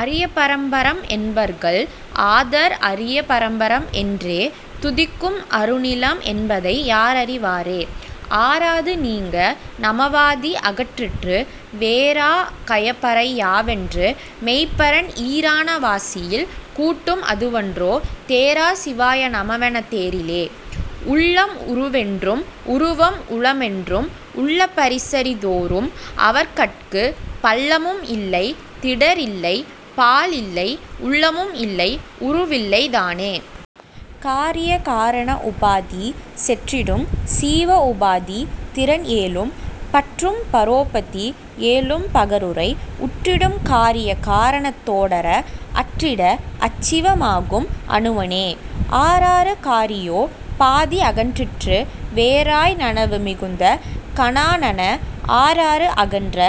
அரிய பரம்பரம் என்பர்கள் ஆதர் அரிய பரம்பரம் என்றே துதிக்கும் அருநிலம் என்பதை யார்அறி வாரே. ஆறாறு நீங்க நமவாதி அகன்றிட்டு வேறா கயபரை யாவென்று மெய்ப்பரன் ஈறான வாசியில் கூட்டும் அதுவன்றோ தேறாச் சிவாய நமவெனத் தேறிலே. உள்ளம் உருவென்றும் உருவம் உளமென்றும் உள்ள பரிசறித் தோரும் அவர்கட்குப் பள்ளமும் இல்லைத் திடர்இல்லை பாழ்இல்லை உள்ளமும் இல்லை உருவில்லை தானே.. காரிய காரண உபாதி செற்றிடும் சீவ உபாதித் திறன்ஏழும் பற்றும் பரோபதி ஏழும் பகருரை உற்றிடும் காரிய காரணத் தோடற அற்றிட அச்சிவ மாகும் அணுவனே. ஆறாறு காரியோ பாதி அகன்றிட்டு வேறாய் நனவு மிகுந்த கனாநனா ஆறாறு அகன்ற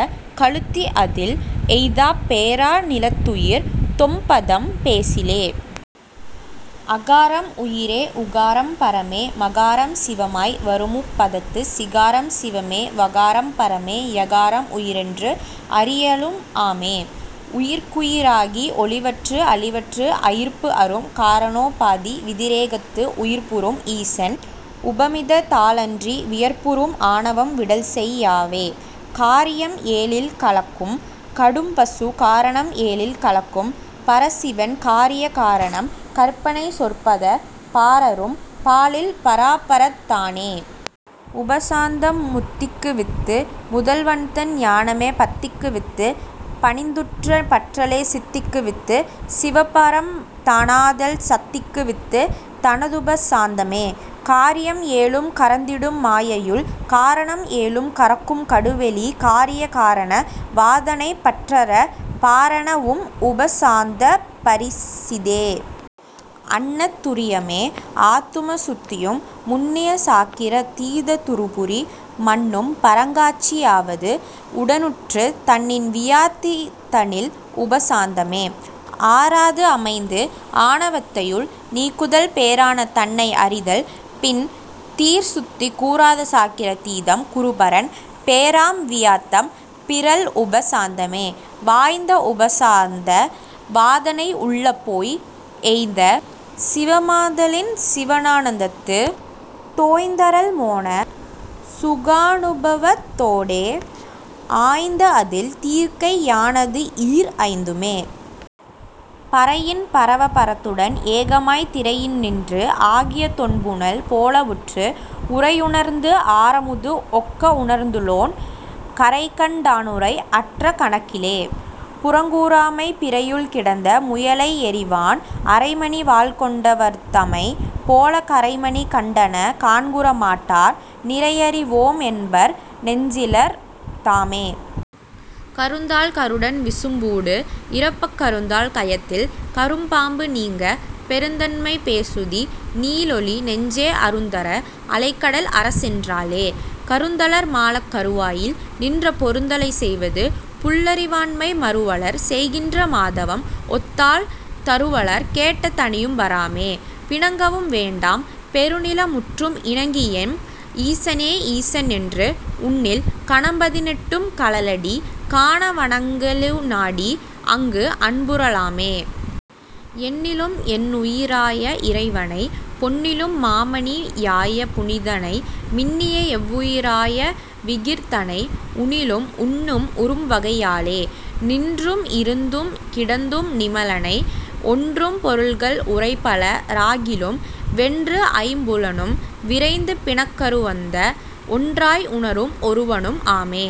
கழுத்தி அதில் எய்தாப் பேறா நிலத்துயிர் தொம்பதம் பேசிலே. அகாரம் உயிரே உகாரம் பரமே மகாரம் சிவமாய் வருமுப் பதத்துச் சிகாரம் சிவமே வகாரம் பரமே யகாரம் உயிரென்று அறையலும் ஆமே. உயிர்க்குயி ராகி ஒழிவற்று அழிவற்று அயிர்ப்புஅறும் காரணோ பாதி விதிரேகத்து உயிர்ப்புறும் ஈசன் உபமிதத் தால்அன்றி வியர்ப்புறும் ஆணவம் வீடல்செய் யாவே. காரியம் ஏழில் கலக்கும் கடும்பசு காரணம் ஏழில் கலக்கும் பரசிவன் காரிய காரணம் கற்பனை சொற்பதப் பாரறும் பாழில் பராபரத் தானே.. உபசாந்தம் முத்திக்கு வித்து முதல்வன்தன் ஞானமே பத்திக்கு வித்துப் பணிந்துற்றப் பற்றலே சித்திக்கு வித்துச் சிவபரம் தானாதல் சத்திக்கு வித்துத் தனதுப சாந்தமே. காரியம் ஏழும் கரந்திடும் மாயையுள் காரணம் ஏழும் கரக்கும் கடுவெளி காரிய காரண வாதனைப் பற்றறப் பாரண வும் உப சாந்தப் பரிசிதே. அன்ன துரியமே ஆத்தும சுத்தியும் முன்னிய சாக்கிரா தீதத் துறுபுரி மன்னும் பரங்காட்சி யாவது உடனுற்றுத் தன்னின் வியாத்தி தனில்உப சாந்தமே. ஆறாதுஅமைந்துஆண வத்தையுள் நீக்குதல் பேறான தன்னை அறிதல் பின் தீர்சுத்தி கூறாத சாக்கிரா தீதம் குருபரன் பேறாம் வியாத்தம் பிறழ்உப சாந்தமே. வாய்ந்த உபசாந்த வாதனை உள்ளப் போய் ஏய்ந்த சிவமாத லின்சிவா னந்தத்துத் தோய்ந்தறல் மோனச் சுகானுபவத் தோடே ஆய்ந்துஅதில் தீர்க்கை யானதுஈர் ஐந்துமே. பரையின் பரவ பரத்துடன் ஏகமாய்த் திரையின்நின்று ஆகிய தொண்புனல் போலவுற்று உரையுணர்ந்து ஆரமுது ஒக்க உணர்ந்துளோன் கரைகண் டானுரை அற்ற கணக்கிலே.. புறங்கூறாமை பிறையுள் கிடந்த முயலை எறிவான் அறைமணி வாள்கொண் டவர்தமைப் போலக் கறைமணி கண்டனக் காண்குற மாட்டார் நிறையறி வோம்என்பர் நெஞ்சிலர் தாமே. கருந்தாள் கருடன் விசும்பூடு இறப்பக் கருந்தாள் கயத்தில் கரும்பாம்பு நீங்க பெருந்தன்மை பேசுதி நீஒழி நெஞ்சே அருந்தர அலைகடல் அறசென் றாலே. கருந்தலர் மாளக் கருவாயில் நின்ற பொருதலைச் செய்வது புல்லறி வாண்மை மருவலர் செய்கின்ற மாதவம் ஒத்தால் தருவலர் கேட்ட தனியும்ப ராமே. பிணங்கவும் வேண்டாம் பெருநில முற்றும் இணங்கிஎம் ஈசனே ஈசன்என்று உன்னில் கணம்பதி னெட்டும் கழலடி காண வணங்ககெழு நாடி அங்கு அன்புற லாமே. என்னிலும் என்னுயி ராய இறைவனைப் பொன்னிலும் மாமணி யாய புனிதனை மின்னிய எவ்வுய ராய விகிர் தனை உன்னிலும் உன்னும் உறும்வகை யாலே. நின்றும் இருந்தும் கிடந்தும் நிமலனை ஒன்றும் பொருள்கள் உரைப்பல ராகிலும் வென்றுஐம் புலனும் விரைந்து பிணக்கறுவந்து ஒன்றாய் உணரும் ஒருவனும் ஆமே.